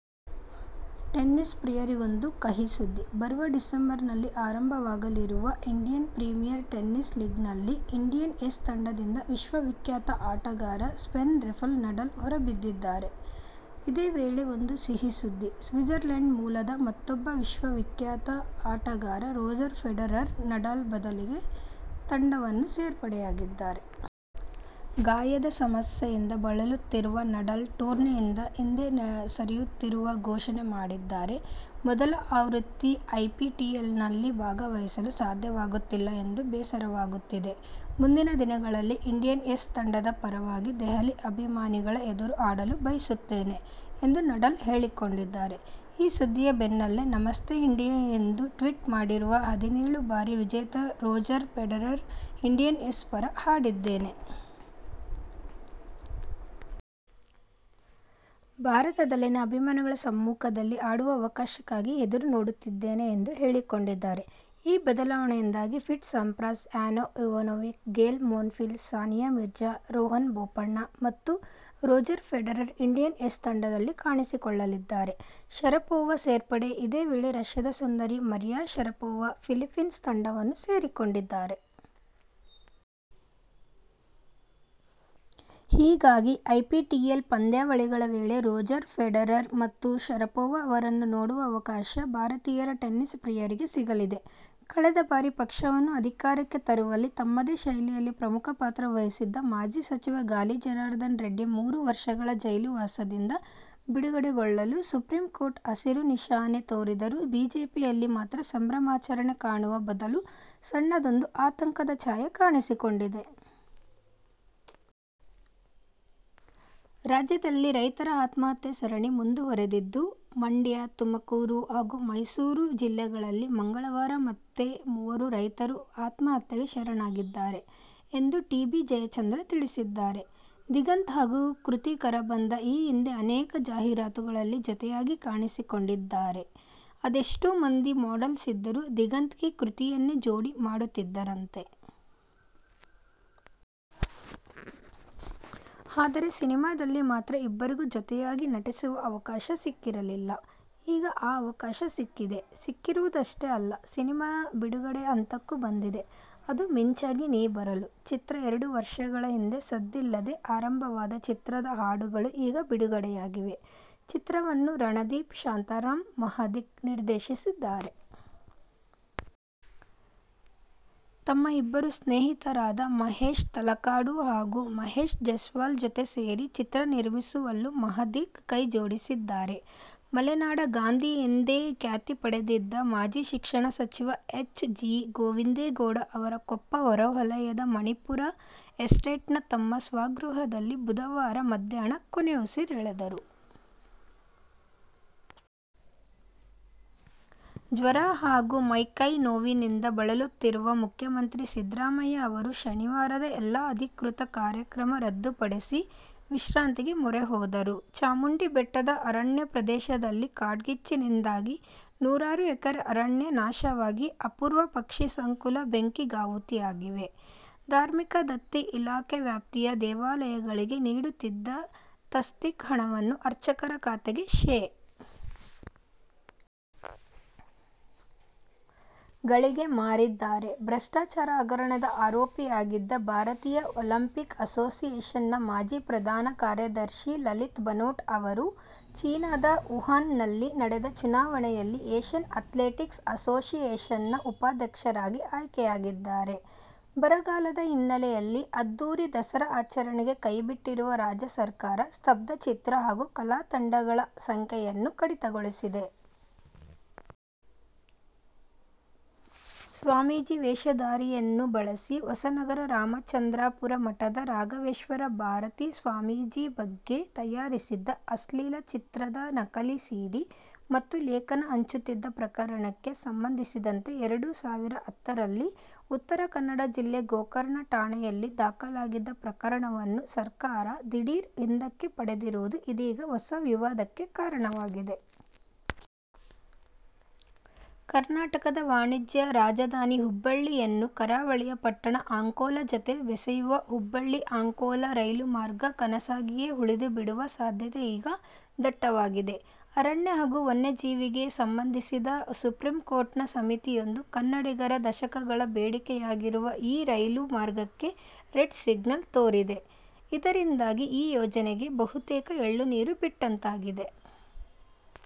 Tennis ಪ್ರಿಯರಿಗೊಂದು ಕಹಿ ಸುದ್ದಿ. ಬರುವ ಡಿಸೆಂಬರ್ನಲ್ಲಿ ಆರಂಭವಾಗಲಿರುವ ಇಂಡಿಯನ್ ಪ್ರೀಮಿಯರ್ ಟೆನ್ನಿಸ್ ಲೀಗ್ನಲ್ಲಿ ಇಂಡಿಯನ್ ಏಸ್ ತಂಡದಿಂದ ವಿಶ್ವವಿಖ್ಯಾತ ಆಟಗಾರ ಸ್ಪೇನ್ನ ರಫೆಲ್ ನಡಾಲ್ ಹೊರಬಿದ್ದಿದ್ದಾರೆ. ಇದೇ ವೇಳೆ ಒಂದು ಸಿಹಿ ಸುದ್ದಿ. ಸ್ವಿಟ್ಜರ್ಲೆಂಡ್ ಮೂಲದ ಮತ್ತೂಬ್ಬ ವಿಶ್ವವಿಖ್ಯಾತ ಅಟಗಾರ ರೋಜರ್ ಫೆಡರರ್, ನಡಾಲ್ ಬದಲಿಗೆ ತಂಡವನ್ನು ಸೇರ್ಪಡೆಯಾಗಿದ್ದಾರೆ. ಗಾಯದ ಸಮಸ್ಯೆಯಿಂದ ಬಳಲುತ್ತಿರುವ ನಡಾಲ್, ಟೂರ್ನಿಯಿಂದ ಹಿಂದೆ ಸರಿಯುತ್ತಿರುವ ಘೋಷಣೆ ಮಾಡಿದ್ದಾರೆ. ಮೊದಲ ಆವೃತ್ತಿ ಐಪಿಟಿಎಲ್ನಲ್ಲಿ ಭಾಗವಹಿಸಲು ಸಾಧ್ಯವಾಗುತ್ತಿಲ್ಲ ಎಂದು ಬೇಸರವಾಗುತ್ತಿದೆ. ಮುಂದಿನ ದಿನಗಳಲ್ಲಿ ಇಂಡಿಯನ್ ಏಸ್ ತಂಡದ ಪರವಾಗಿ ದೆಹಲಿ ಅಭಿಮಾನಿಗಳ ಎದುರು ಆಡಲು ಬಯಸುತ್ತೇನೆ ಎಂದು ನಡಾಲ್ ಹೇಳಿಕೊಂಡಿದ್ದಾರೆ. ಈ ಸುದ್ದಿಯ ಬೆನ್ನಲ್ಲೇ, ನಮಸ್ತೇ ಇಂಡಿಯಾ ಎಂದು ಟ್ವೀಟ್ ಮಾಡಿರುವ ಹದಿನೇಳು ಬಾರಿ ವಿಜೇತ ರೋಜರ್ ಫೆಡರರ್, ಇಂಡಿಯನ್ ಏಸ್ ಪರ ಆಡಿದ್ದೆನೆ. ಭಾರತದಲ್ಲಿನ ಅಭಿಮಾನಿಗಳ ಸಮ್ಮುಖದಲ್ಲಿ ಆಡುವ ಅವಕಾಶಕ್ಕಾಗಿ ಎದುರು ನೋಡುತ್ತಿದ್ದೇನೆ ಎಂದು ಹೇಳಿಕೊಂಡಿದ್ದಾರೆ. ಈ ಬದಲಾವಣೆಯಿಂದಾಗಿ Pete Sampras, Ana Ivanovic, Gael Monfils, Sania Mirza, Rohan Bopanna ಮತ್ತು ರೋಜರ್ ಫೆಡರರ್ ಇಂಡಿಯನ್ ಏಸ್ ತಂಡದಲ್ಲಿ ಕಾಣಿಸಿಕೊಳ್ಳಲಿದ್ದಾರೆ. ಶರಪೋವಾ ಸೇರ್ಪಡೆ: ಇದೇ ವೇಳೆ ರಷ್ಯಾದ ಸುಂದರಿ, ಮರಿಯಾ ಶರಪೋವಾ, ಫಿಲಿಪ್ಪೀನ್ಸ್ ತಂಡವನ್ನು ಸೇರಿಕೊಂಡಿದ್ದಾರೆ. ಹೀಗಾಗಿ ಐಪಿಟಿಎಲ್ ಪಂದ್ಯಾವಳಿಗಳ ವೇಳೆ ರೋಜರ್ ಫೆಡರರ್ ಮತ್ತು ಶರಪೋವಾ ಅವರನ್ನು ನೋಡುವ ಅವಕಾಶ ಭಾರತೀಯ ಟೆನಿಸ್ ಪ್ರಿಯರಿಗೆ ಸಿಗಲಿದೆ. ಕಳೆದ ಬಾರಿ ಪಕ್ಷವನ್ನು ಅಧಿಕಾರಕ್ಕೆ ತರುವಲ್ಲಿ ತಮ್ಮದೇ ಶೈಲಿಯಲ್ಲಿ ಪ್ರಮುಖ ಪಾತ್ರ ವಹಿಸಿದ್ದ ಮಾಜಿ ಸಚಿವ ಗಾಲಿ ಜನಾರ್ದನರೆಡ್ಡಿ ಮೂರು ವರ್ಷಗಳ ಜೈಲು ವಾಸದಿಂದ ಬಿಡುಗಡೆಗೊಳ್ಳಲು ಸುಪ್ರೀಂಕೋರ್ಟ್ ಹಸಿರು ನಿಶಾನೆ ತೋರಿದರೂ ಬಿಜೆಪಿಯಲ್ಲಿ ಮಾತ್ರ ಸಂಭ್ರಮಾಚರಣೆ ಕಾಣುವ ಬದಲು ಸಣ್ಣದೊಂದು ಆತಂಕದ ಛಾಯೆ ಕಾಣಿಸಿಕೊಂಡಿದೆ. ರಾಜ್ಯದಲ್ಲಿ ರೈತರ ಆತ್ಮಹತ್ಯೆ ಸರಣಿ ಮುಂದುವರಿದಿದ್ದು ಮಂಡ್ಯ, ತುಮಕೂರು ಹಾಗೂ ಮೈಸೂರು ಜಿಲ್ಲೆಗಳಲ್ಲಿ ಮಂಗಳವಾರ ಮತ್ತೆ ಮೂವರು ರೈತರು ಆತ್ಮಹತ್ಯೆಗೆ ಶರಣಾಗಿದ್ದಾರೆ ಎಂದು ಟಿ.ಬಿ. ಜಯಚಂದ್ರ ತಿಳಿಸಿದ್ದಾರೆ. ದಿಗಂತ್ ಹಾಗೂ ಕೃತಿ ಕರಬಂದ ಈ ಹಿಂದೆ ಅನೇಕ ಜಾಹೀರಾತುಗಳಲ್ಲಿ ಜೊತೆಯಾಗಿ ಕಾಣಿಸಿಕೊಂಡಿದ್ದಾರೆ. ಅದೆಷ್ಟೋ ಮಂದಿ ಮಾಡೆಲ್ಸ್ ಇದ್ದರೂ ದಿಗಂತ್ಗೆ ಕೃತಿಯನ್ನೇ ಜೋಡಿ ಮಾಡುತ್ತಿದ್ದರಂತೆ. ಆದರೆ ಸಿನಿಮಾದಲ್ಲಿ ಮಾತ್ರ ಇಬ್ಬರಿಗೂ ಜೊತೆಯಾಗಿ ನಟಿಸುವ ಅವಕಾಶ ಸಿಕ್ಕಿರಲಿಲ್ಲ. ಈಗ ಆ ಅವಕಾಶ ಸಿಕ್ಕಿದೆ. ಸಿಕ್ಕಿರುವುದಷ್ಟೇ ಅಲ್ಲ, ಸಿನಿಮಾ ಬಿಡುಗಡೆಯ ಹಂತಕ್ಕೂ ಬಂದಿದೆ. ಅದು "ಮಿಂಚಾಗಿ ನೀ ಬರಲು' ಚಿತ್ರ. ಎರಡು ವರ್ಷಗಳ ಹಿಂದೆ ಸದ್ದಿಲ್ಲದೇ ಆರಂಭವಾದ ಚಿತ್ರದ ಹಾಡುಗಳು ಈಗ ಬಿಡುಗಡೆಯಾಗಿವೆ. ಚಿತ್ರವನ್ನು ರಣದೀಪ್ ಶಾಂತಾರಾಮ್ ಮಹಾದಿಕ್ ನಿರ್ದೇಶಿಸಿದ್ದಾರೆ. ತಮ್ಮ ಇಬ್ಬರು ಸ್ನೇಹಿತರಾದ ಮಹೇಶ್ ತಲಕಾಡು ಹಾಗೂ ಮಹೇಶ್ ಜೆಸ್ವಾಲ್ ಜೊತೆ ಸೇರಿ ಚಿತ್ರ ನಿರ್ಮಿಸುವಲ್ಲೂ ಮಹಾದಿಕ್ ಕೈ ಜೋಡಿಸಿದ್ದಾರೆ. ಮಲೆನಾಡ ಗಾಂಧಿ ಎಂದೇ ಖ್ಯಾತಿ ಪಡೆದಿದ್ದ ಮಾಜಿ ಶಿಕ್ಷಣ ಸಚಿವ ಎಚ್. ಜಿ. ಗೋವಿಂದೇಗೌಡ ಅವರು ಕೊಪ್ಪ ಹೊರವಲಯದ ಮಣಿಪುರ ಎಸ್ಟೇಟ್ನ ತಮ್ಮ ಸ್ವಗೃಹದಲ್ಲಿ ಬುಧವಾರ ಮಧ್ಯಾಹ್ನ ಕೊನೆಯುಸಿರೆಳೆದರು. ಜ್ವರ ಹಾಗೂ ಮೈ ಕೈ ನೋವಿನಿಂದ ಬಳಲುತ್ತಿರುವ ಮುಖ್ಯಮಂತ್ರಿ ಸಿದ್ದರಾಮಯ್ಯ ಅವರು ಶನಿವಾರದ ಎಲ್ಲ ಅಧಿಕೃತ ಕಾರ್ಯಕ್ರಮ ರದ್ದುಪಡಿಸಿ ವಿಶ್ರಾಂತಿಗೆ ಮೊರೆ ಹೋದರು. ಚಾಮುಂಡಿ ಬೆಟ್ಟದ ಅರಣ್ಯ ಪ್ರದೇಶದಲ್ಲಿ ಕಾಡ್ಗಿಚ್ಚಿನಿಂದಾಗಿ ನೂರಾರು ಎಕರೆ ಅರಣ್ಯ ನಾಶವಾಗಿ, ಅಪೂರ್ವ ಪಕ್ಷಿಸಂಕುಲ ಬೆಂಕಿಗಾಹುತಿಯಾಗಿವೆ. ಧಾರ್ಮಿಕ ದತ್ತಿ ಇಲಾಖೆ ವ್ಯಾಪ್ತಿಯ ದೇವಾಲಯಗಳಿಗೆ ನೀಡುತ್ತಿದ್ದ ತಸ್ತೀಕ್ ಹಣವನ್ನು ಅರ್ಚಕರ ಖಾತೆಗೆ ಶೇ. ಗಳಿಗೆ ಮಾರಿದ್ದಾರೆ. ಭ್ರಷ್ಟಾಚಾರ ಹಗರಣದ ಆರೋಪಿಯಾಗಿದ್ದ ಭಾರತೀಯ ಒಲಿಂಪಿಕ್ ಅಸೋಸಿಯೇಶನ್ನ ಮಾಜಿ ಪ್ರಧಾನ ಕಾರ್ಯದರ್ಶಿ ಲಲಿತ್ ಭಾನೋಟ್ ಅವರು ಚೀನದ ವುಹಾನ್ನಲ್ಲಿ ನಡೆದ ಚುನಾವಣೆಯಲ್ಲಿ ಏಶ್ಯನ್ ಆತ್ಲೆಟಿಕ್ಸ್ ಅಸೋಸಿಯೇಶನ್ ನ ಉಪಾಧ್ಯಕ್ಷರಾಗಿ ಆಯ್ಕೆಯಾಗಿದ್ದಾರೆ. ಬರಗಾಲದ ಹಿನ್ನೆಲೆಯಲ್ಲಿ ಅದ್ದೂರಿ ದಸರಾ ಆಚರಣೆ ಕೈಬಿಟ್ಟಿರುವ ರಾಜ್ಯ ಸರ್ಕಾರ, ಸ್ತಬ್ದಚಿತ್ರ ಹಾಗೂ ಕಲಾ ತಂಡಗಳ ಸಂಖ್ಯೆಯನ್ನೂ ಕಡಿತಗೊಳಿಸಿದೆ. ಸ್ವಾಮೀಜಿ ವೇಷಧಾರಿಯನ್ನು ಬಳಸಿ ಹೊಸನಗರ ರಾಮಚಂದ್ರಾಪುರ ಮಠದ ರಾಘವೇಶ್ವರ ಭಾರತಿ ಸ್ವಾಮೀಜಿ ಬಗ್ಗೆ ತಯಾರಿಸಿದ್ದ ಅಶ್ಲೀಲ ಚಿತ್ರದ ನಕಲಿ ಸಿ. ಡಿ. ಮತ್ತು ಲೇಖನ ಹಂಚುತ್ತಿದ್ದ ಪ್ರಕರಣಕ್ಕೆ ಸಂಬಂಧಿಸಿದಂತೆ ಎರಡು ಸಾವಿರದ ಹತ್ತರಲ್ಲಿ ಉತ್ತರ ಕನ್ನಡ ಜಿಲ್ಲೆ ಗೋಕರ್ಣ ಠಾಣೆಯಲ್ಲಿ ದಾಖಲಾಗಿದ್ದ ಪ್ರಕರಣವನ್ನು ಸರ್ಕಾರ ದಿಢೀರ್ ಹಿಂದಕ್ಕೆ ಪಡೆದಿರುವುದು ಇದೀಗ ಹೊಸ ವಿವಾದಕ್ಕೆ ಕಾರಣವಾಗಿದೆ. ಕರ್ನಾಟಕದ ವಾಣಿಜ್ಯ ರಾಜಧಾನಿ ಹುಬ್ಬಳ್ಳಿಯನ್ನು ಕರಾವಳಿಯ ಪಟ್ಟಣ ಅಂಕೋಲಾ ಜತೆ ಬೆಸೆಯುವ "ಹುಬ್ಬಳ್ಳಿ- ಅಂಕೋಲಾ ರೈಲು ಮಾರ್ಗ' ಕನಸಾಗಿಯೇ ಉಳಿದುಬಿಡುವ ಸಾಧ್ಯತೆ ಈಗ ದಟ್ಟವಾಗಿದೆ. ಅರಣ್ಯ ಹಾಗೂ ವನ್ಯಜೀವಿಗೆ ಸಂಬಂಧಿಸಿದ ಸುಪ್ರೀಂಕೋರ್ಟ್ನ ಸಮಿತಿಯೊಂದು ಕನ್ನಡಿಗರ ದಶಕಗಳ ಬೇಡಿಕೆಯಾಗಿರುವ ಈ ರೈಲು ಮಾರ್ಗಕ್ಕೆ "ರೆಡ್ ಸಿಗ್ನಲ್' ತೋರಿದೆ. ಇದರಿಂದಾಗಿ ಈ ಯೋಜನೆಗೆ ಬಹುತೇಕ ಎಳ್ಳುನೀರು ಬಿಟ್ಟಂತಾಗಿದೆ.